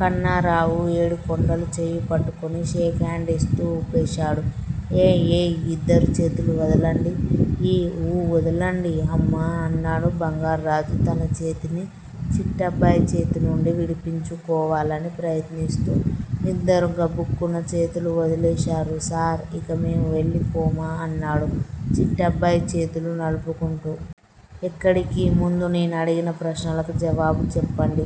కన్నారావు ఏడుకొండలు చెయ్యిపట్టుకుని షేక్ హండిస్తూ ఊపేశాడు. ఏయ్ ఏయ్ ఇద్దరూ చేతులు వదలండి. ఊ వదలండి హమ్మ! అన్నాడు బంగార్రాజు తన చేతిని చిట్టబ్బాయి చేతి నుండి విడిపించుకోవాలని ప్రయత్నిస్తూ. ఇద్దరూ గబుక్కున చేతులు వదిలేశారు. సార్! ఇక మేము వెళ్ళిపోమా? అన్నాడు చిట్టబ్బాయి చేతులు నలుపు కుంటూ. ఎక్కడికి? ముందు నేను అడిగిన ప్రశ్నలకి జవాబు చెప్పండి.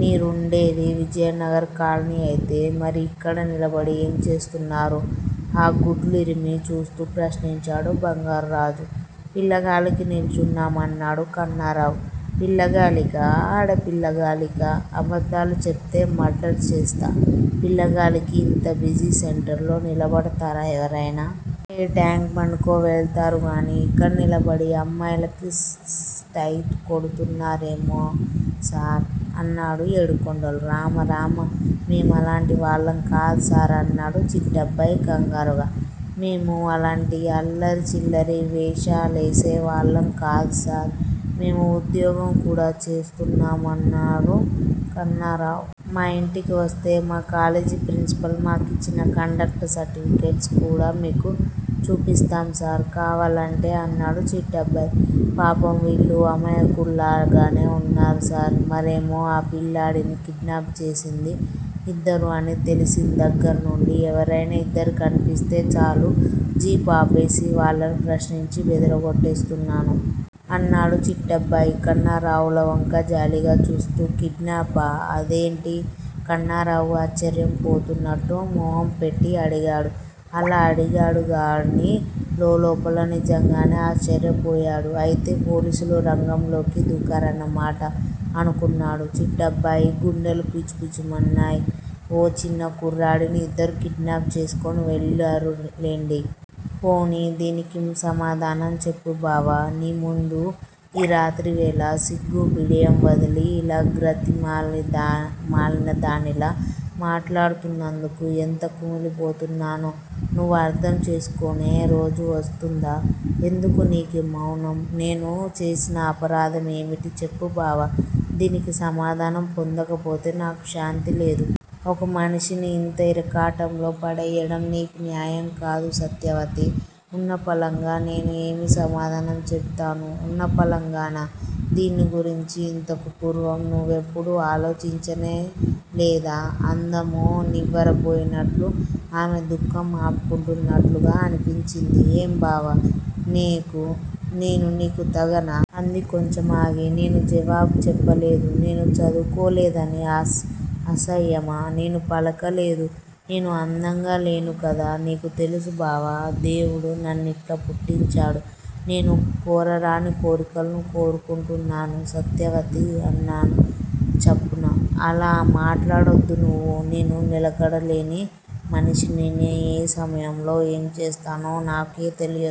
నిరుండేది విజయనగర్ కాలని అయితే మరి ఇక్కడ నిలబడి ఏం చేస్తున్నారు? ఆ గుడ్లురిమి చూస్తూ ప్రశ్నించాడు బంగార్ర్రాజు. పిల్లగాలికి నిల్చున్నాం అన్నాడు కన్నారావు. పిల్లగాలికా ఆడపిల్లగాలికా? అబద్ధాలు చెప్తే మర్డరు చేస్తా. పిల్లగాలికి ఇంత బిజీ సెంటర్లో నిలబడ్తారా ఎవర్తెనా? ఏ ట్యాంక్ బండ్ కో వెళ్తారుగాని ఇక్కడ నిలబడి అమ్మాయిలకి స్తేటు కొడ్తున్నారేమో సార్! అన్నాడు ఏడుకొండలు. రామ రామ. మేమలాంటివాళ్ళం కాదు సార్ అన్నాడు చిట్టబ్బాయి కంగారుగా. మేము అలాంటి అల్లరి చిల్లరి వేషాలేసేవాళ్ళం కాదు సార్. మేము ఉద్యగం కూడా చేస్తున్నాం అన్నాడు కన్నరావ్. మా ఇంటికి వస్తే మా కాలేజి ప్రిన్సిపాల్ మాకిచ్చిన కాండక్ట్ సర్టిఫికెట్స్ కూడా మీకు చూపిస్తాం సార్ కావాలంటే అన్నాడు చిట్టబ్బాయి. పాపం. వీళ్ళు అమాయకుల్లాగానే ఉన్నారు సార్. మారేమో ఆ పిల్లాడిని కిడ్నాప్ చేసింది ఇద్దరు అని తెలిసిందగ్గర్నుండి ఎవర్తెనా ఇద్దరు కనిపిస్తే చాలు జీపు ఆపేసి వాళ్ళని ప్రశ్నించి బెదరగోట్టేస్తున్నారు. అన్నాడు చిట్టబ్బాయి కన్నరావుల వంక జాలిగా చూస్తూ. కిడ్నాపా? అదేంటి? కన్నారావు ఆశ్చర్యంపోతున్నాట్టు మొహం పెట్టి అడిగాడు. అలా అడిగాడుగాని లోలోపల నిజంగానే ఆశ్చర్యపోయాడు. అయితే పోలీసులు రంగంలోకి దూకారన్నమాట! అనుకున్నాడు. చిట్టబ్బాయి గుండెలు పిచుపిచుమన్నాయ్. ఓ చిన్న కుర్రాడిని ఇద్దరు కిడ్నాప్ చేస్కుని వెళ్ళారులెండి. పోనీ దీనికి సమాధానం చెప్పుబావా! నీ ముందు ఈ రాత్రివేళ సిగ్గూ, బిడియం వదిలి ఇలా గ్రతిమాలినదానిలా మాట్లాడుతున్నందుకు ఎంత కుమిలిపోతున్నానో, నువ్వు అర్థం చేసుకునే రోజు వస్తుందా? ఎందుకు నీకీ మౌనం? నేను చేసిన అపరాధం ఏమిటి చెప్పు బావా! దీనికి సమాధానం పొందకపోతే నాకు శాంతిలేదు. ఒక మనిషిని ఇంత ఇరకాటంలో పడెయ్యటం నీకు న్యాయం కాదు సత్యవతీ! ఉన్నపళంగా నేను ఏమి సమాధానం చెబుతాను? ఉన్నపళంగానా? దీన్ని గురించి ఇంతకు పూర్వం నువ్వెప్పుడూ ఆలోచించనే లేదా? అందామె నివ్వెరపోయినట్లు. ఆమె దుఃఖం ఆపుకుంటున్నట్లుగా అనిపించింది. ఏం బావా! నేను నీకు తగనా? అంది కొంచెం ఆగి. నేను జవాబు చెప్పలేదు. నేను చదువుకోలేదని అసహ్యమా? నేను పలుకలేదు. నేను అందంగా లేనుకదా! నాకు తెలుసుబావా! దేముడు నన్నిట్లా పుట్టించాడు. నేను కోరరాని కోరికను కోరుకుంటున్నాను. సత్యవతీ! అన్నాను చప్పున. అలా మాట్లాడొద్దు నువ్వు. నేను నిలకడలేని మనిషిని. నేను ఏ సమయంలో ఏంచేస్తానో నాకే తెలీదు.